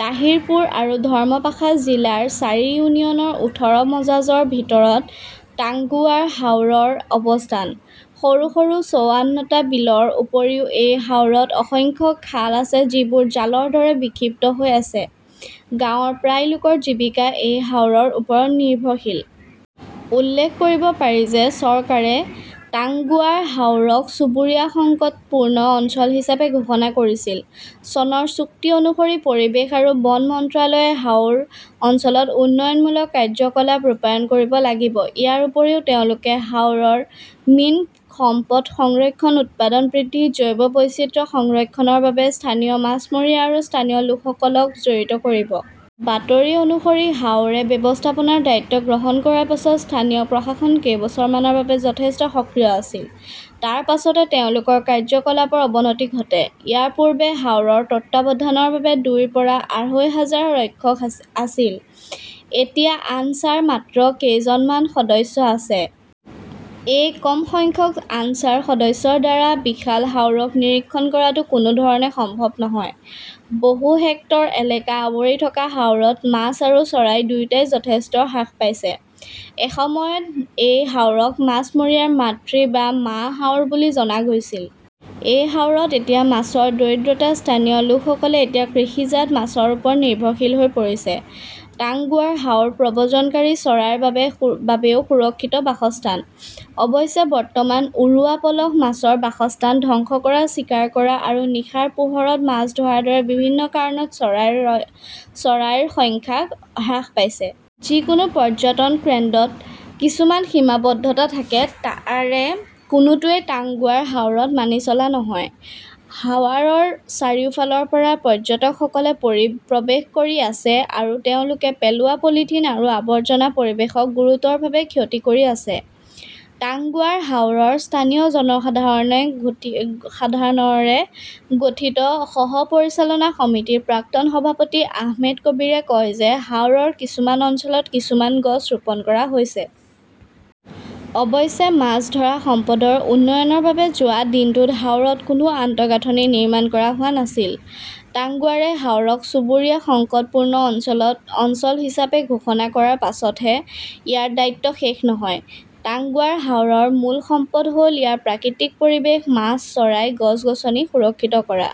তাহিৰপুৰ আৰু ধৰ্মপাশা জিলাৰ চাৰি ইউনিয়নৰ ওঠৰ মজাজৰ ভিতৰত টাঙ্গুৱাৰ হাওৰৰ অৱস্থান। সৰু সৰু চৌৱান্নটা বিলৰ উপৰি এই হাওৰত অসংখ্য খাল আছে যিবোৰ জালৰ দৰে বিক্ষিপ্ত হৈ আছে। গাঁৱৰ প্ৰায় লোকৰ জীৱিকা এই হাওৰৰ ওপৰত নিৰ্ভৰশীল। উল্লেখ কৰিব পাৰি যে চৰকাৰে টাংগুৱাৰ হাওৰক চুবুৰীয়া সংকটপূৰ্ণ অঞ্চল হিচাপে ঘোষণা কৰিছিল। চনৰ চুক্তি অনুসৰি পৰিৱেশ আৰু বন মন্ত্ৰালয়ে হাওৰ অঞ্চলত উন্নয়নমূলক কাৰ্যকলাপ ৰূপায়ণ কৰিব লাগিব। ইয়াৰ উপৰি তেওঁলোকে হাওৰৰ মীন সম্পদ সংৰক্ষণ উৎপাদন বৃদ্ধি জৈৱ বৈচিত্ৰ্য সংৰক্ষণৰ বাবে স্থানীয় মাছমৰীয়া আৰু স্থানীয় লোকসকলক জড়িত কৰিব। বাতৰি অনুসৰি হাওৰে ব্যৱস্থাপনাৰ দায়িত্ব গ্ৰহণ কৰাৰ পাছত স্থানীয় প্ৰশাসন কেইবছৰমানৰ বাবে যথেষ্ট সক্ৰিয় আছিল। তাৰ পাছতে তেওঁলোকৰ কাৰ্যকলাপৰ অৱনতি ঘটে। ইয়াৰ পূৰ্বে হাওৰৰ তত্বাৱধানৰ বাবে দুইৰ পৰা আঢ়ৈ হাজাৰ ৰক্ষক আছিল। এতিয়া আনছাৰ মাত্ৰ কেইজনজন মান সদস্য আছে। এই কম সংখ্যক আনছাৰ সদস্যৰ দ্বাৰা বিশাল হাওৰক নিৰীক্ষণ কৰাটো কোনো ধৰণে সম্ভৱ নহয়। বহু হেক্টৰ এলেকা আৱৰি থকা হাওৰত মাছ আৰু চৰাই দুয়োটাই যথেষ্ট হ্ৰাস পাইছে। এসময়ত এই হাওৰক মাছমৰীয়াৰ মাতৃ বা মা হাওৰ বুলি জনা গৈছিল। সেই হাওৰত এতিয়া মাছৰ দৰিদ্ৰতা। স্থানীয় লোকসকলে এতিয়া কৃষিজাত মাছৰ ওপৰত নিৰ্ভৰশীল হৈ পৰিছে। টাংগুৱাৰ হাওৰ প্ৰব্ৰজনকাৰী চৰাইৰ বাবেও সুৰক্ষিত বাসস্থান। অৱশ্যে বৰ্তমান উৰুৱা পলস মাছৰ বাসস্থান ধ্বংস কৰা চিকাৰ কৰা আৰু নিশাৰ পোহৰত মাছ ধৰাৰ দৰে বিভিন্ন কাৰণত চৰাইৰ সংখ্যা হ্ৰাস পাইছে। যিকোনো পৰ্যটন কেন্দ্ৰত কিছুমান সীমাবদ্ধতা থাকে তাৰে কোনোটোৱেই টাংগুৱাৰ হাওৰত মানি চলা নহয়। হাৱাৰৰ চাৰিওফালৰ পৰা পৰ্যটকসকলে প্ৰৱেশ কৰি আছে আৰু তেওঁলোকে পেলোৱা পলিথিন আৰু আৱৰ্জনা পৰিৱেশক গুৰুতৰভাৱে ক্ষতি কৰি আছে। টাংগুৱাৰ হাওৰৰ স্থানীয় জনসাধাৰণৰে গঠিত সহ পৰিচালনা সমিতিৰ প্ৰাক্তন সভাপতি আহমেদ কবীৰে কয় যে হাওৰৰ কিছুমান অঞ্চলত কিছুমান গছ ৰোপণ কৰা হৈছে। অৱশ্যে মাছ ধৰা সম্পদৰ উন্নয়নৰ বাবে যোৱা দিনটোত হাওৰত কোনো আন্তঃগাঁথনি নিৰ্মাণ কৰা হোৱা নাছিল। টাংগুৱাৰে হাওৰক চুবুৰীয়া সংকটপূৰ্ণ অঞ্চল হিচাপে ঘোষণা কৰাৰ পাছতহে ইয়াৰ দায়িত্ব শেষ নহয়। টাংগুৱাৰ হাওৰৰ মূল সম্পদ হ'ল ইয়াৰ প্ৰাকৃতিক পৰিৱেশ মাছ চৰাই গছ গছনি সুৰক্ষিত কৰা।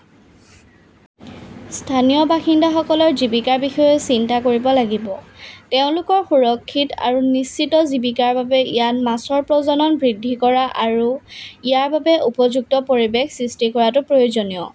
স্থানীয় বাসিন্দাসকলৰ জীৱিকাৰ বিষয়েও চিন্তা কৰিব লাগিব। তেওঁলোকৰ সুৰক্ষিত আৰু নিশ্চিত জীৱিকাৰ বাবে ইয়াত মাছৰ প্ৰজনন বৃদ্ধি কৰা আৰু ইয়াৰ বাবে উপযুক্ত পৰিৱেশ সৃষ্টি কৰাটো প্ৰয়োজনীয়।